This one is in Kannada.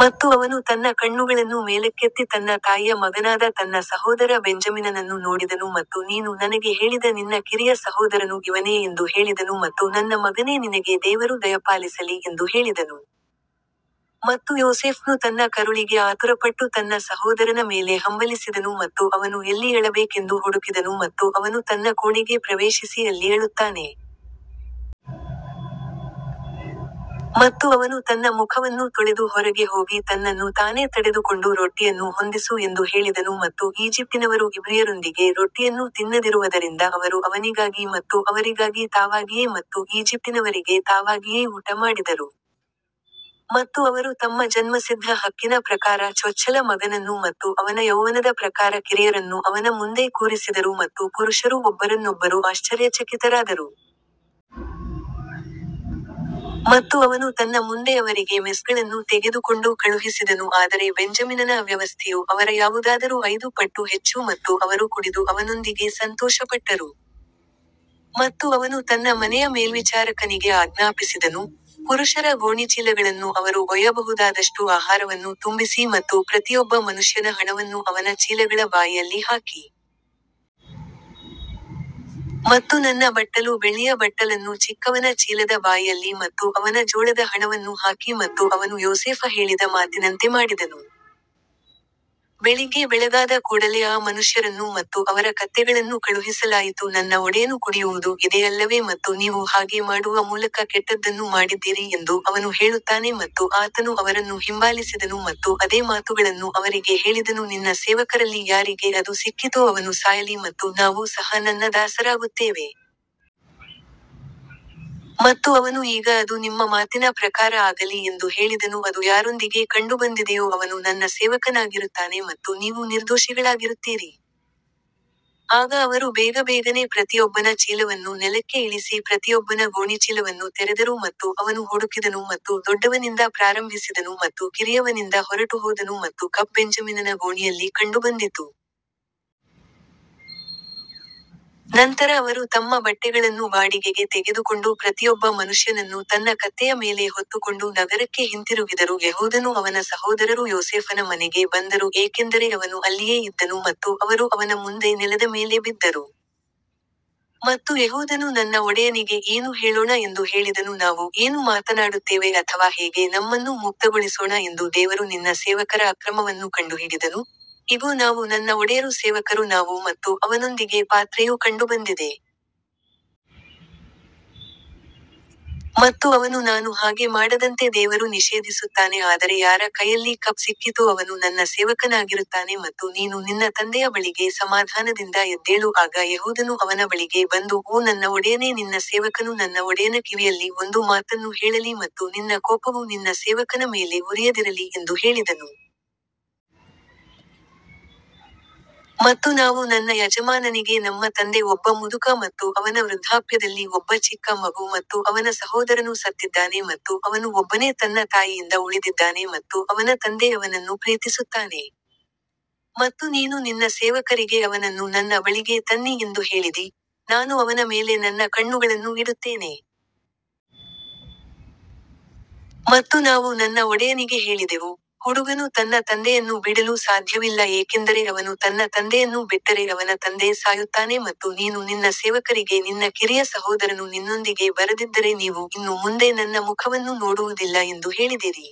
ಮತ್ತು ಅವನು ತನ್ನ ಕಣ್ಣುಗಳನ್ನು ಮೇಲಕ್ಕೆತ್ತಿ ತನ್ನ ತಾಯಿಯ ಮಗನಾದ ತನ್ನ ಸಹೋದರ ಬೆಂಜಮಿನನನ್ನು ನೋಡಿದನು ಮತ್ತು ನೀನು ನನಗೆ ಹೇಳಿದ ನಿನ್ನ ಕಿರಿಯ ಸಹೋದರನು ಇವನೇ ಎಂದು ಹೇಳಿದನು ಮತ್ತು ನನ್ನ ಮಗನೇ ನಿನಗೆ ದೇವರು ದಯಪಾಲಿಸಲಿ ಎಂದು ಹೇಳಿದನು. ಮತ್ತು ಯೋಸೇಫನು ತನ್ನ ಕರುಳಿಗೆ ಆತುರಪಟ್ಟು ತನ್ನ ಸಹೋದರನ ಮೇಲೆ ಹಂಬಲಿಸಿದನು ಮತ್ತು ಅವನು ಎಲ್ಲಿ ಅಳಬೇಕೆಂದು ಹುಡುಕಿದನು ಮತ್ತು ಅವನು ತನ್ನ ಕೋಣೆಗೆ ಪ್ರವೇಶಿಸಿ ಅಲ್ಲಿ ಅಳುತ್ತಾನೆ. ಮತ್ತು ಅವನು ತನ್ನ ಮುಖವನ್ನು ತೊಳೆದು ಹೊರಗೆ ಹೋಗಿ ತನ್ನನ್ನು ತಾನೇ ತಡೆದುಕೊಂಡು ರೊಟ್ಟಿಯನ್ನು ಹೊಂದಿಸು ಎಂದು ಹೇಳಿದನು ಮತ್ತು ಈಜಿಪ್ಟಿನವರು ಇಬ್ರಿಯರೊಂದಿಗೆ ರೊಟ್ಟಿಯನ್ನು ತಿನ್ನದಿರುವದರಿಂದ ಅವರು ಅವನಿಗಾಗಿ ಮತ್ತು ಅವರಿಗಾಗಿ ತಾವಾಗಿಯೇ ಮತ್ತು ಈಜಿಪ್ಟಿನವರಿಗೆ ತಾವಾಗಿಯೇ ಊಟ ಮಾಡಿದರು. ಮತ್ತು ಅವರು ತಮ್ಮ ಜನ್ಮಸಿದ್ಧ ಹಕ್ಕಿನ ಪ್ರಕಾರ ಚೊಚ್ಚಲ ಮಗನನ್ನು ಮತ್ತು ಅವನ ಯೌವನದ ಪ್ರಕಾರ ಕಿರಿಯರನ್ನು ಅವನ ಮುಂದೆ ಕೂರಿಸಿದರು ಮತ್ತು ಪುರುಷರು ಒಬ್ಬರನ್ನೊಬ್ಬರು ಆಶ್ಚರ್ಯಚಕಿತರಾದರು. ಮತ್ತು ಅವನು ತನ್ನ ಮುಂದೆ ಅವರಿಗೆ ಮೆಸ್ಗಳನ್ನು ತೆಗೆದುಕೊಂಡು ಕಳುಹಿಸಿದನು ಆದರೆ ಬೆಂಜಮಿನನ ಅವ್ಯವಸ್ಥೆಯು ಅವರ ಯಾವುದಾದರೂ ಐದು ಪಟ್ಟು ಹೆಚ್ಚು ಮತ್ತು ಅವರು ಕುಡಿದು ಅವನೊಂದಿಗೆ ಸಂತೋಷಪಟ್ಟರು. ಮತ್ತು ಅವನು ತನ್ನ ಮನೆಯ ಮೇಲ್ವಿಚಾರಕನಿಗೆ ಆಜ್ಞಾಪಿಸಿದನು, ಪುರುಷರ ಗೋಣಿಚೀಲಗಳನ್ನು ಅವರು ಒಯ್ಯಬಹುದಾದಷ್ಟು ಆಹಾರವನ್ನು ತುಂಬಿಸಿ ಮತ್ತು ಪ್ರತಿಯೊಬ್ಬ ಮನುಷ್ಯನ ಹಣವನ್ನು ಅವನ ಚೀಲಗಳ ಬಾಯಿಯಲ್ಲಿ ಹಾಕಿ. ಮತ್ತು ನನ್ನ ಬಟ್ಟಲು ಬೆಳ್ಳಿಯ ಬಟ್ಟಲನ್ನು ಚಿಕ್ಕವನ ಚೀಲದ ಬಾಯಿಯಲ್ಲಿ ಮತ್ತು ಅವನ ಜೋಳದ ಹಣವನ್ನು ಹಾಕಿ ಮತ್ತು ಅವನು ಯೋಸೇಫ ಹೇಳಿದ ಮಾತಿನಂತೆ ಮಾಡಿದನು. ಬೆಳಿಗ್ಗೆ ಬೆಳಗಾದ ಕೂಡಲೆ ಆ ಮನುಷ್ಯರನ್ನು ಮತ್ತು ಅವರ ಕತ್ತೆಗಳನ್ನು ಕಳುಹಿಸಲಾಯಿತು ನನ್ನ ಒಡೆಯನು ಕುಡಿಯುವುದು ಇದೇ ಅಲ್ಲವೇ ಮತ್ತು ನೀವು ಹಾಗೆ ಮಾಡುವ ಮೂಲಕ ಕೆಟ್ಟದ್ದನ್ನು ಮಾಡಿದ್ದೀರಿ ಎಂದು ಅವನು ಹೇಳುತ್ತಾನೆ ಮತ್ತು ಆತನು ಅವರನ್ನು ಹಿಂಬಾಲಿಸಿದನು ಮತ್ತು ಅದೇ ಮಾತುಗಳನ್ನು ಅವರಿಗೆ ಹೇಳಿದನು ನಿನ್ನ ಸೇವಕರಲ್ಲಿ ಯಾರಿಗೆ ಅದು ಸಿಕ್ಕಿತೋ ಅವನು ಸಾಯಲಿ ಮತ್ತು ನಾವೂ ಸಹ ನನ್ನ ದಾಸರಾಗುತ್ತೇವೆ. ಮತ್ತು ಅವನು ಈಗ ಅದು ನಿಮ್ಮ ಮಾತಿನ ಪ್ರಕಾರ ಆಗಲಿ ಎಂದು ಹೇಳಿದನು ಅದು ಯಾರೊಂದಿಗೆ ಕಂಡುಬಂದಿದೆಯೋ ಅವನು ನನ್ನ ಸೇವಕನಾಗಿರುತ್ತಾನೆ ಮತ್ತು ನೀವು ನಿರ್ದೋಷಿಗಳಾಗಿರುತ್ತೀರಿ. ಆಗ ಅವರು ಬೇಗಬೇಗನೆ ಪ್ರತಿಯೊಬ್ಬನ ಚೀಲವನ್ನು ನೆಲಕ್ಕೆ ಇಳಿಸಿ ಪ್ರತಿಯೊಬ್ಬನ ಗೋಣಿಚೀಲವನ್ನು ತೆರೆದರು ಮತ್ತು ಅವನು ಹುಡುಕಿದನು ಮತ್ತು ದೊಡ್ಡವನಿಂದ ಪ್ರಾರಂಭಿಸಿದನು ಮತ್ತು ಕಿರಿಯವನಿಂದ ಹೊರಟುಹೋದನು ಮತ್ತು ಕಪ್ ಬೆಂಜಮಿನನ ಗೋಣಿಯಲ್ಲಿ ಕಂಡುಬಂದಿತು. ನಂತರ ಅವರು ತಮ್ಮ ಬಟ್ಟೆಗಳನ್ನು ಬಾಡಿಗೆಗೆ ತೆಗೆದುಕೊಂಡು ಪ್ರತಿಯೊಬ್ಬ ಮನುಷ್ಯನನ್ನು ತನ್ನ ಕತ್ತೆಯ ಮೇಲೆ ಹೊತ್ತುಕೊಂಡು ನಗರಕ್ಕೆ ಹಿಂತಿರುಗಿದರು ಯೆಹೂದನೂ ಅವನ ಸಹೋದರರೂ ಯೋಸೇಫನ ಮನೆಗೆ ಬಂದರು ಏಕೆಂದರೆ ಅವನು ಅಲ್ಲಿಯೇ ಇದ್ದನು ಮತ್ತು ಅವರು ಅವನ ಮುಂದೆ ನೆಲದ ಮೇಲೆ ಬಿದ್ದರು. ಮತ್ತು ಯೆಹೂದನು ನನ್ನ ಒಡೆಯನಿಗೆ ಏನು ಹೇಳೋಣ ಎಂದು ಹೇಳಿದನು ನಾವು ಏನು ಮಾತನಾಡುತ್ತೇವೆ ಅಥವಾ ಹೇಗೆ ನಮ್ಮನ್ನು ಮುಕ್ತಗೊಳಿಸೋಣ ಎಂದು ದೇವರು ನಿನ್ನ ಸೇವಕರ ಅಕ್ರಮವನ್ನು ಕಂಡುಹಿಡಿದನು, ಇಗೋ ನಾವು ನನ್ನ ಒಡೆಯರು ಸೇವಕರು ನಾವು ಮತ್ತು ಅವನೊಂದಿಗೆ ಪಾತ್ರೆಯು ಕಂಡುಬಂದಿದೆ. ಮತ್ತು ಅವನು ನಾನು ಹಾಗೆ ಮಾಡದಂತೆ ದೇವರು ನಿಷೇಧಿಸುತ್ತಾನೆ ಆದರೆ ಯಾರ ಕೈಯಲ್ಲಿ ಕಪ್ ಸಿಕ್ಕಿತೋ ಅವನು ನನ್ನ ಸೇವಕನಾಗಿರುತ್ತಾನೆ ಮತ್ತು ನೀನು ನಿನ್ನ ತಂದೆಯ ಬಳಿಗೆ ಸಮಾಧಾನದಿಂದ ಎದ್ದೇಳು ಆಗ ಯೆಹೂದನು ಅವನ ಬಳಿಗೆ ಬಂದು ಓ ನನ್ನ ಒಡೆಯನೇ ನಿನ್ನ ಸೇವಕನು ನನ್ನ ಒಡೆಯನ ಕಿವಿಯಲ್ಲಿ ಒಂದು ಮಾತನ್ನು ಹೇಳಲಿ ಮತ್ತು ನಿನ್ನ ಕೋಪವು ನಿನ್ನ ಸೇವಕನ ಮೇಲೆ ಉರಿಯದಿರಲಿ ಎಂದು ಹೇಳಿದನು. ಮತ್ತು ನಾವು ನನ್ನ ಯಜಮಾನನಿಗೆ ನಮ್ಮ ತಂದೆ ಒಬ್ಬ ಮುದುಕ ಮತ್ತು ಅವನ ವೃದ್ಧಾಪ್ಯದಲ್ಲಿ ಒಬ್ಬ ಚಿಕ್ಕ ಮಗು ಮತ್ತು ಅವನ ಸಹೋದರನು ಸತ್ತಿದ್ದಾನೆ ಮತ್ತು ಅವನು ಒಬ್ಬನೇ ತನ್ನ ತಾಯಿಯಿಂದ ಉಳಿದಿದ್ದಾನೆ ಮತ್ತು ಅವನ ತಂದೆ ಅವನನ್ನು ಪ್ರೀತಿಸುತ್ತಾನೆ. ಮತ್ತು ನೀನು ನಿನ್ನ ಸೇವಕರಿಗೆ ಅವನನ್ನು ನನ್ನ ಬಳಿಗೆ ತನ್ನಿ ಎಂದು ಹೇಳಿದಿ, ನಾನು ಅವನ ಮೇಲೆ ನನ್ನ ಕಣ್ಣುಗಳನ್ನು ಇಡುತ್ತೇನೆ. ಮತ್ತು ನಾವು ನನ್ನ ಒಡೆಯನಿಗೆ ಹೇಳಿದೆವು, ಹುಡುಗನು ತನ್ನ ತಂದೆಯನ್ನು ಬಿಡಲು ಸಾಧ್ಯವಿಲ್ಲ ಏಕೆಂದರೆ ಅವನು ತನ್ನ ತಂದೆಯನ್ನು ಬಿಟ್ಟರೆ ಅವನ ತಂದೆ ಸಾಯುತ್ತಾನೆ ಮತ್ತು ನೀನು ನಿನ್ನ ಸೇವಕರಿಗೆ ನಿನ್ನ ಕಿರಿಯ ಸಹೋದರನು ನಿನ್ನೊಂದಿಗೆ ಬರದಿದ್ದರೆ ನೀವು ಇನ್ನು ಮುಂದೆ ನನ್ನ ಮುಖವನ್ನು ನೋಡುವುದಿಲ್ಲ ಎಂದು ಹೇಳಿದಿರಿ.